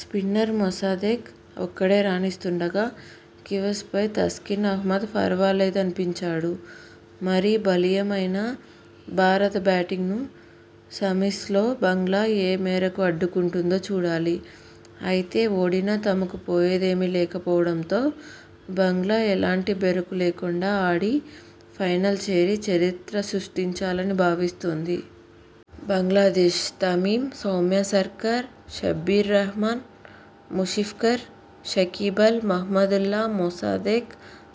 Spinner Mosaddek ఒక్కడే రాణిస్తుండగా కివీ్సపై తస్కిన్ అహ్మద్ ఫర్వలేదనిపించాడు. మరి బలీయమైన భారత బ్యాటింగ్ను సెమీ్సలో బంగ్లా ఏ మేరకు అడ్డుకుంటుందో చూడాలి. అయితే, ఓడినా తమకు పోయేదేమీ లేకపోవడంతో బంగ్లా ఎలాంటి బెరుకూ లేకుండా ఆడి ఫైనల్ చేరి చరిత్ర సృష్టించాలని భావిస్తోంది. బంగ్లాదేశ్: తమీమ్, సౌమ్య సర్కార్, షబ్బీర్ రహ్మాన్, ముష్ఫికర్, షకీబల్, మహ్మదుల్లా, మొసాదెక్,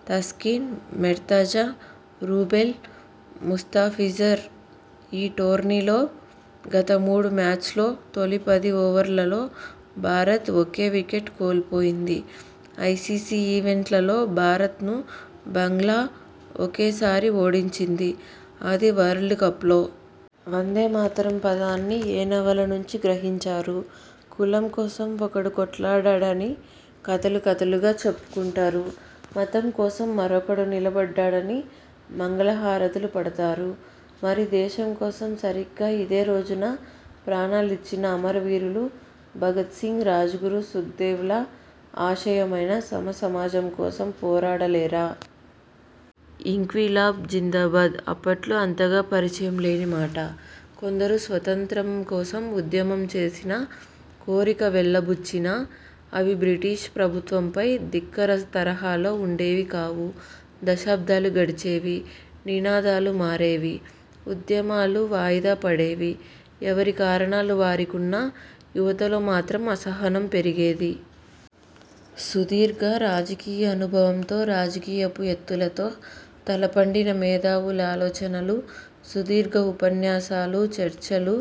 తస్కిన్, మోర్తజా, రూబెల్, ముస్తాఫిజుర్. ఈ టోర్నీలో గత మూడు మ్యాచ్ల్లో తొలి పది ఓవర్లలో భారత్ ఒకే వికెట్ కోల్పోయింది. ఐసీసీ ఈవెంట్లలో భారత్ను బంగ్లా ఒకేసారి ఓడించింది. అది వరల్డ్ కప్లో. 'వందేమాతరం' పదాన్ని ఏ నవల నుంచి గ్రహించారు? కులం కోసం ఒకడు కొట్లాడాడని కథలు కథలుగా చెప్పుకుంటారు. మతం కోసం మరొకడు నిలబడ్డాడని మంగళహారతులు పడతారు. మరి దేశం కోసం సరిగ్గా ఇదే రోజున ప్రాణాలిచ్చిన అమర వీరులు భగత్సింగ్, రాజ్గురు, సుఖ్దేవ్ల ఆశయమైన సమసమాజం కోసం పోరాడలేరా? ఇంక్విలాబ్ జిందాబాద్. అప్పట్లో అంతగా పరిచయం లేని మాట. కొందరు స్వతంత్రం కోసం ఉద్యమం చేసినా, కోరిక వెలిబుచ్చినా, అవి బ్రిటిష్ ప్రభుత్వంపై ధిక్కార తరహాలో ఉండేవి కావు. దశాబ్దాలు గడిచేవి. నినాదాలు మారేవి. ఉద్యమాలు వాయిదా పడేవి. ఎవరి కారణాలు వారికున్నా, యువతలో మాత్రం అసహనం పెరిగేది. సుదీర్ఘ రాజకీయ అనుభవంతో రాజకీయపు ఎత్తులతో తలపండిన మేధావుల ఆలోచనలు, సుదీర్ఘ ఉపన్యాసాలు, చర్చలు,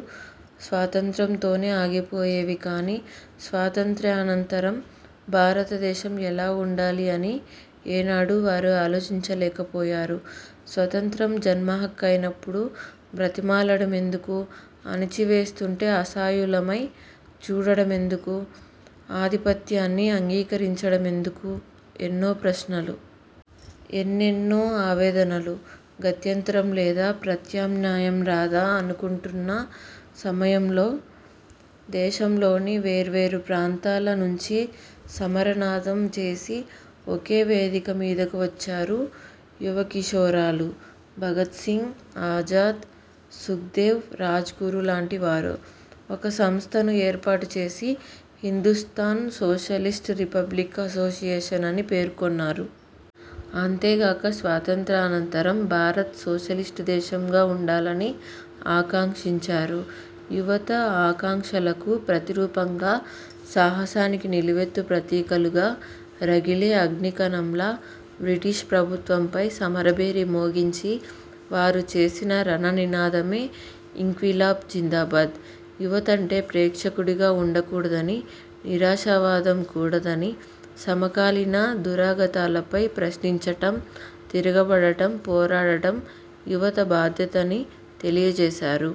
స్వాతంత్ర్యంతోనే ఆగిపోయేవి కాని స్వాతంత్ర్యానంతరం భారతదేశం ఎలా ఉండాలి అని ఏనాడూ వారు ఆలోచించలేకపోయారు. స్వతంత్రం జన్మహక్కైనప్పుడు బ్రతిమాలడం ఎందుకు? అణచివేస్తుంటే అసహాయులమై చూడడమెందుకు? ఆధిపత్యాన్ని అంగీకరించడమెందుకు? ఎన్నో ప్రశ్నలు. ఎన్నెన్నో ఆవేదనలు. గత్యంతరం లేదా? ప్రత్యామ్నాయం రాదా? అనుకుంటున్న సమయంలో దేశంలోని వేర్వేరు ప్రాంతాల నుంచి సమరనాదం చేసి ఒకే వేదిక మీదకు వచ్చారు యువకిశోరాలు భగత్సింగ్, ఆజాద్, సుఖ్దేవ్, రాజ్గురు లాంటి వారు. ఒక సంస్థను ఏర్పాటు చేసి హిందుస్థాన్ సోషలిస్ట్ రిపబ్లిక్ అసోసియేషన్ అని పేర్కొన్నారు. అంతేగాక స్వాతంత్య్రానంతరం భారత్ సోషలిస్ట్ దేశంగా ఉండాలని ఆకాంక్షించారు. యువత ఆకాంక్షలకు ప్రతిరూపంగా సాహసానికి నిలువెత్తు ప్రతీకలుగా రగిలే అగ్నికణంలా బ్రిటిష్ ప్రభుత్వంపై సమరభేరి మోగించి వారు చేసిన రణ నినాదమే ఇంక్విలాబ్ జిందాబాద్. యువతంటే ప్రేక్షకుడుగా ఉండకూడదని, నిరాశావాదం కూడదని, సమకాలీన దురాగతాలపై ప్రశ్నించటం, తిరగబడటం, పోరాడటం యువత బాధ్యతని తెలియజేసారు.